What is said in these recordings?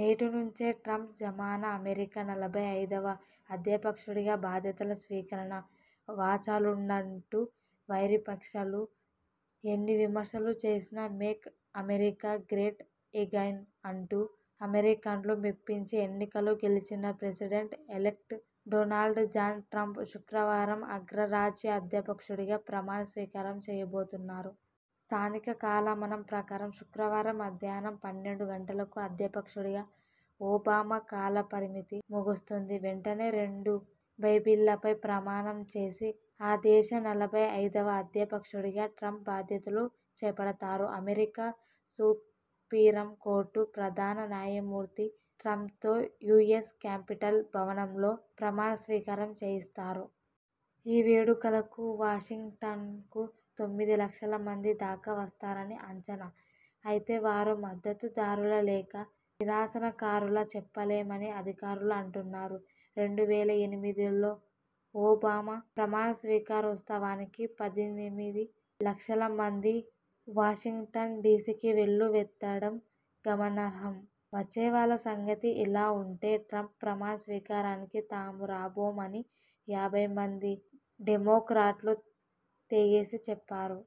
నేటి నుంచే ట్రంప్ జమానా అమెరికా నలభై ఐదువ అధ్యక్షుడిగా బాధ్యతల స్వీకరణ.. వాచాలుడంటూ వైరిపక్షాలు ఎన్ని విమర్శలు చేసినా 'మేక్ అమెరికా గ్రేట్ ఎగైన్' అంటూ అమెరికన్లను మెప్పించి ఎన్నికల్లో గెలిచిన president elect.. Donald John Trump.. శుక్రవారం అగ్రరాజ్య అధ్యక్షుడిగా ప్రమాణ స్వీకారం చేయబోతున్నారు. స్థానిక కాలమానం ప్రకారం శుక్రవారం మధ్యాహ్నం పన్నెండు గంటలకు.. అధ్యక్షుడిగా ఒబామా కాల పరిమితి ముగుస్తుంది. వెంటనే, రెండు బైబిళ్ల పై ప్రమాణం చేసి ఆ దేశ నలభై ఐదువ అధ్యక్షుడిగా ట్రంప్ బాధ్యతలు చేపడతారు. అమెరికా సుపీరంకోర్టు ప్రధాన న్యాయమూర్తి ట్రంప్తో యూఎస్ క్యాపిటల్ భవనంలో ప్రమాణ స్వీకారం చేయిస్తారు. ఈ వేడుకలకు వాషింగ్టన్కు తొమ్మిది లక్షల మంది దాకా వస్తారని అంచనా. అయితే వారు మద్దతు దారులా లేక నిరసనకారులా చెప్పలేమని అధికారులు అంటున్నారు. రెండు వేల ఎనిమిదిలో ఒబామా ప్రమాణస్వీకారోత్సవానికి పద్దెనిమిది లక్షల మంది వాషింగ్టన్ డీసీకి వెల్లు వెత్తడం గమనార్హం. వచ్చేవాళ్ల సంగతి ఇలా ఉంటే, ట్రంప్ ప్రమాణ స్వీకారానికి తాము రాబోమని యాభై మంది డెమొక్రాట్లు తెగేసి చెప్పారు.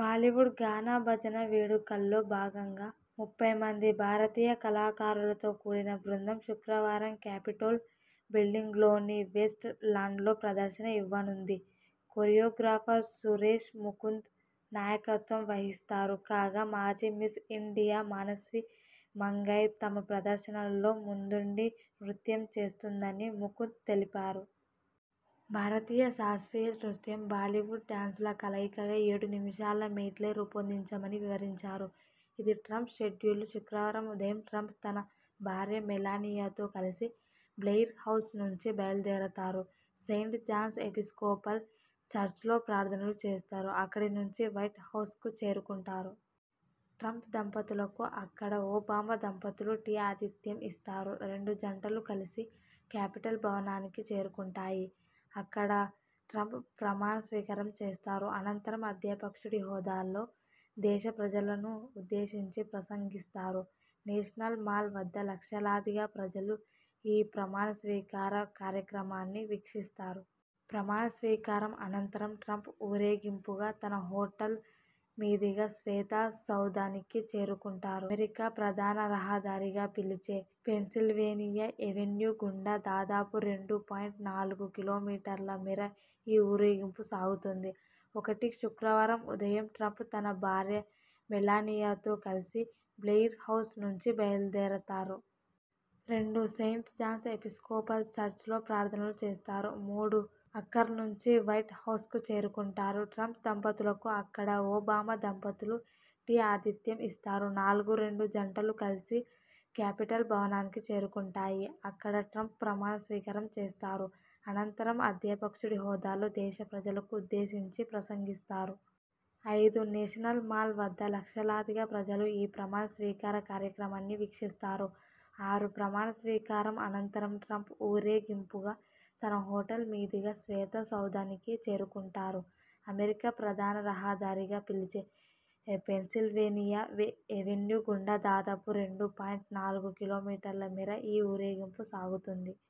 బాలీవుడ్ గానా బజానా వేడుకల్లో భాగంగా ముప్పై మంది భారతీయ కళాకారులతో కూడిన బృందం శుక్రవారం క్యాపిటోల్ బిల్డింగ్లోని వెస్ట్ లాన్లో ప్రదర్శన ఇవ్వనుంది. కొరియో గ్రాఫర్ సురేష్ ముకుంద్ నాయకత్వం వహిస్తారు. కాగా, మాజీ మిస్ ఇండియా మనస్వి మంగాయ్ తమ ప్రదర్శనలో ముందుండి నృత్యం చేస్తుందని ముకుంద్ తెలిపారు. భారతీయ శాస్త్రీయ నృత్యం, బాలీవుడ్ డాన్సుల కలయికగా ఏడు నిమిషాల మెడ్లే రూపొందించామని వివరించారు. ఇదీ ట్రంప్ షెడ్యూలు శుక్రవారం ఉదయం ట్రంప్ తన భార్య మెలానియాతో కలిసి బ్లెయిర్హౌస్ నుంచి బయల్దేరతారు. సెయింట్ జాన్స్ ఎపిస్కోపల్ చర్చ్లో ప్రార్థనలు చేస్తారు. అక్కడ నుంచి వైట్ హౌస్కు చేరుకుంటారు. ట్రంప్ దంపతులకు అక్కడ ఒబామా దంపతులు టీ ఆతిథ్యం ఇస్తారు. రెండు జంటలూ కలిసి క్యాపిటల్ భవనానికి చేరుకుంటాయి. అక్కడ ట్రంప్ ప్రమాణ స్వీకారం చేస్తారు. అనంతరం అధ్యక్షుడి హోదాలో దేశ ప్రజలను ఉద్దేశించి ప్రసంగిస్తారు. నేషనల్ మాల్ వద్ద లక్షలాదిగా ప్రజలు ఈ ప్రమాణ స్వీకార కార్యక్రమాన్ని వీక్షిస్తారు. ప్రమాణ స్వీకారం అనంతరం ట్రంప్ ఊరేగింపుగా, తన హోటల్ మీదుగా శ్వేత సౌథానికి చేరుకుంటారు. 'అమెరికా ప్రధాన రహదారి'గా పిలిచే పెన్సిల్వేనియా ఎవెన్యూ గుండా దాదాపు రెండు పాయింట్ నాలుగు కిలోమీటర్ల మేర ఈ ఊరేగింపు సాగుతుంది. ఒకటి శుక్రవారం ఉదయం ట్రంప్ తన భార్య మెలానియాతో కలిసి బ్లెయిర్హౌస్ నుంచి బయల్దేరతారు. రెండు సెయింట్ జాన్స్ ఎపిస్కోపల్ చర్చ్లో ప్రార్థనలు చేస్తారు. మూడు అక్కణ్నుంచీ వైట్ హౌస్కు చేరుకుంటారు. ట్రంప్ దంపతులకు అక్కడ ఒబామా దంపతులు టీ ఆతిథ్యం ఇస్తారు. నాలుగు రెండు జంటలూ కలిసి క్యాపిటల్ భవనానికి చేరుకుంటాయి. అక్కడ ట్రంప్ ప్రమాణ స్వీకారం చేస్తారు. అనంతరం అధ్యక్షుడి హోదాలో దేశ ప్రజలను ఉద్దేశించి ప్రసంగిస్తారు. ఐదు నేషనల్ మాల్ వద్ద లక్షలాదిగా ప్రజలు ఈ ప్రమాణ స్వీకార కార్యక్రమాన్ని వీక్షిస్తారు. ఆరు ప్రమాణ స్వీకారం అనంతరం ట్రంప్ ఊరే గింపుగా, తన హోటల్ మీదుగా శ్వేత సౌథానికి చేరుకుంటారు. 'అమెరికా ప్రధాన రహదారి'గా పిలిచే పెన్సిల్వేనియా ఎవెన్యూ గుండా దాదాపు రెండు పాయింట్ నాలుగు కిలో మీటర్ల మేర ఈ ఊరేగింపు సాగుతుంది.